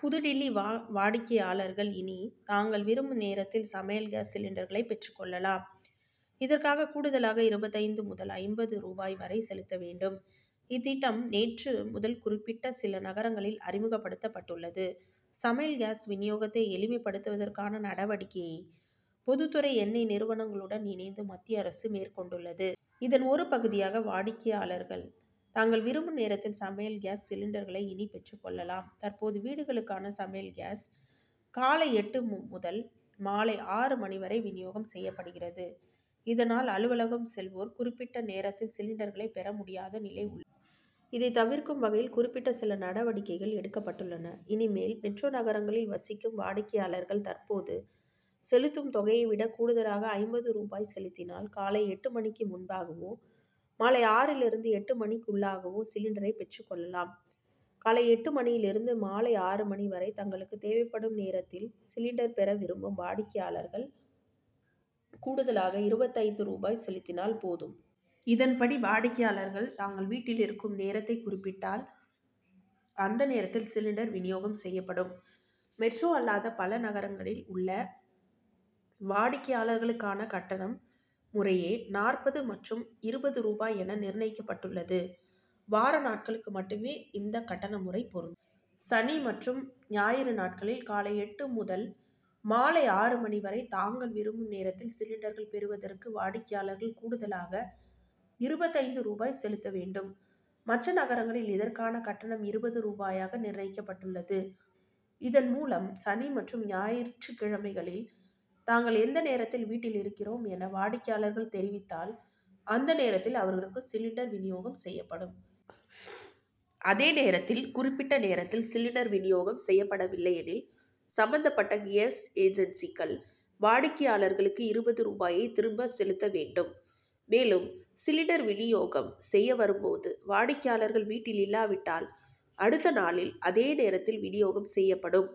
புதுடில்லி வாடிக்கையாளர்கள், இனி தாங்கள் விரும்பும் நேரத்தில் சமையல் காஸ் சிலிண்டர்களை பெற்றுக் கொள்ளலாம். இதற்காக கூடுதலாக இருபத்தைந்து முதல், ஐம்பது ரூபாய் வரை செலுத்த வேண்டும். இத்திட்டம், நேற்று முதல் குறிப்பிட்ட சில நகரங்களில் அறிமுகப்படுத்தப்பட்டுள்ளது. சமையல் காஸ் வினியோகத்தை எளிமைப்படுத்துவதற்கான நடவடிக்கையை, பொதுத்துறை எண்ணெய் நிறுவனங்களுடன் இணைந்து, மத்திய அரசு மேற்கொண்டுள்ளது. இதன் ஒரு பகுதியாக, வாடிக்கையாளர்கள், தாங்கள் விரும்பும் நேரத்தில் சமையல் காஸ் சிலிண்டர்களை இனி பெற்றுக் கொள்ளலாம். தற்போது, வீடுகளுக்கான சமையல் காஸ், காலை எட்டு முதல், மாலை ஆறு மணி வரை வினியோகம் செய்யப்படுகிறது. இதனால் அலுவலகம் செல்வோர், குறிப்பிட்ட நேரத்தில் சிலிண்டர்களை பெற முடியாத நிலை உள்ளது. இதை தவிர்க்கும் வகையில், குறிப்பிட்ட சில நடவடிக்கைகள் எடுக்கப்பட்டுள்ளன. இனிமேல், மெட்ரோ நகரங்களில் வசிக்கும் வாடிக்கையாளர்கள் தற்போது செலுத்தும் தொகையை விட, கூடுதலாக ஐம்பது ரூபாய் செலுத்தினால், காலை எட்டு மணிக்கு முன்பாகவோ, மாலை ஆறிலிருந்து எட்டு மணிக்குள்ளாகவோ சிலிண்டரை பெற்றுக் கொள்ளலாம். காலை எட்டு மணியில் இருந்து, மாலை ஆறு மணி வரை, தங்களுக்கு தேவைப்படும் நேரத்தில் சிலிண்டர் பெற விரும்பும் வாடிக்கையாளர்கள், கூடுதலாக இருபத்தைந்து ரூபாய் செலுத்தினால் போதும். இதன்படி, வாடிக்கையாளர்கள், தாங்கள் வீட்டில் இருக்கும் நேரத்தை குறிப்பிட்டால், அந்த நேரத்தில் சிலிண்டர் வினியோகம் செய்யப்படும். மெட்ரோ அல்லாத மற்ற நகரங்களில் உள்ள வாடிக்கையாளர்களுக்கான கட்டணம் முறையே நாற்பது மற்றும் இருபது ரூபாய் என, நிர்ணயிக்கப்பட்டுள்ளது. வார நாட்களுக்கு மட்டுமே இந்த கட்டண முறை பொருந்தும். சனி மற்றும் ஞாயிறு நாட்களில், காலை எட்டு முதல் மாலை ஆறு மணி வரை, தாங்கள் விரும்பும் நேரத்தில் சிலிண்டர்கள் பெறுவதற்கு, வாடிக்கையாளர்கள் கூடுதலாக இருபத்தைந்து ரூபாய் செலுத்த வேண்டும். மற்ற நகரங்களில் இதற்கான கட்டணம் இருபது ரூபாயாக நிர்ணயிக்கப்பட்டுள்ளது. இதன்மூலம், சனி மற்றும் ஞாயிற்றுக் கிழமைகளில், தாங்கள் எந்த நேரத்தில் வீட்டில் இருக்கிறோம் என, வாடிக்கையாளர்கள் தெரிவித்தால், அந்த நேரத்தில் அவர்களுக்கு சிலிண்டர் வினியோகம் செய்யப்படும். அதே நேரத்தில், குறிப்பிட்ட நேரத்தில் சிலிண்டர் வினியோகம் செய்யப்படவில்லை எனில், சம்பந்தப்பட்ட காஸ் ஏஜன்சிக்கள், வாடிக்கையாளர்களுக்கு இருபது ரூபாயை திரும்ப செலுத்த வேண்டும். மேலும், சிலிண்டர் வினியோகம் செய்ய வரும்போது, வாடிக்கையாளர்கள் வீட்டில் இல்லாவிட்டால், அடுத்த நாளில் அதே நேரத்தில் வினியோகம் செய்யப்படும்.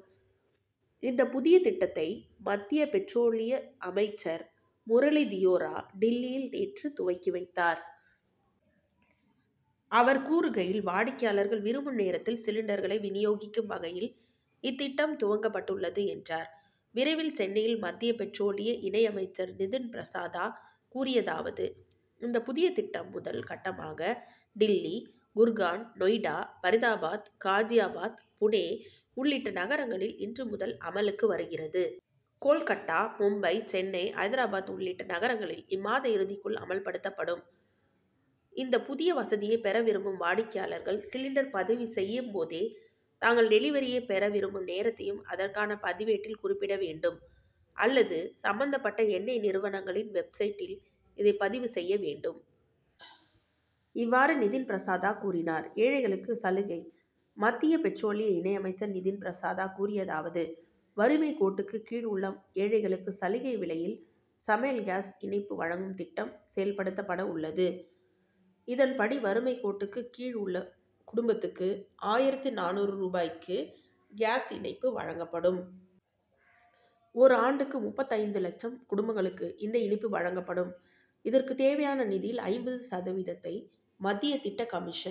இந்த புதிய திட்டத்தை மத்திய பெட்ரோலிய அமைச்சர் முரளி தியோரா, டில்லியில் நேற்று துவக்கி வைத்தார். அவர் கூறுகையில், வாடிக்கையாளர்கள் விரும்பும் நேரத்தில் சிலிண்டர்களை வினியோகிக்கும் வகையில், இத்திட்டம் துவங்கப்பட்டுள்ளது என்றார். விரைவில் சென்னையில் மத்திய பெட்ரோலிய இணை அமைச்சர் நிதின் பிரசாதா கூறியதாவது இந்த புதிய திட்டம், முதல் கட்டமாக டில்லி, குர்கான், நொய்டா, பரிதாபாத், காஜியாபாத், புனே உள்ளிட்ட நகரங்களில் இன்று முதல் அமலுக்கு வருகிறது. கோல்கட்டா, மும்பை, சென்னை, ஐதராபாத் உள்ளிட்ட நகரங்களில் இம்மாத இறுதிக்குள் அமல்படுத்தப்படும். இந்த புதிய வசதியை பெற விரும்பும் வாடிக்கையாளர்கள், சிலிண்டர் பதிவு செய்யும்போதே, தாங்கள் டெலிவரியை பெற விரும்பும் நேரத்தையும் அதற்கான பதிவேட்டில் குறிப்பிட வேண்டும் அல்லது சம்பந்தப்பட்ட எண்ணெய் நிறுவனங்களின், வெப்சைட்டில் இதை பதிவு செய்ய வேண்டும். இவ்வாறு நிதின் பிரசாதா கூறினார். ஏழைகளுக்கு சலுகை மத்திய பெட்ரோலிய இணை அமைச்சர் நிதின் பிரசாதா கூறியதாவது வறுமைக் கோட்டுக்கு கீழ் உள்ள ஏழைகளுக்கு சலுகை விலையில் சமையல் காஸ் இணைப்பு வழங்கும் திட்டம் செயல்படுத்தப்பட உள்ளது. இதன்படி, வறுமைக் கோட்டுக்கு கீழ் உள்ள குடும்பத்துக்கு, ஆயிரத்து நானூறு ரூபாய்க்கு காஸ் இணைப்பு வழங்கப்படும். ஒரு ஆண்டுக்கு முப்பத்தைந்து லட்சம் குடும்பங்களுக்கு இந்த இணைப்பு வழங்கப்படும். இதற்கு தேவையான நிதியில், ஐம்பது சதவீதத்தை மத்திய திட்ட கமிஷன்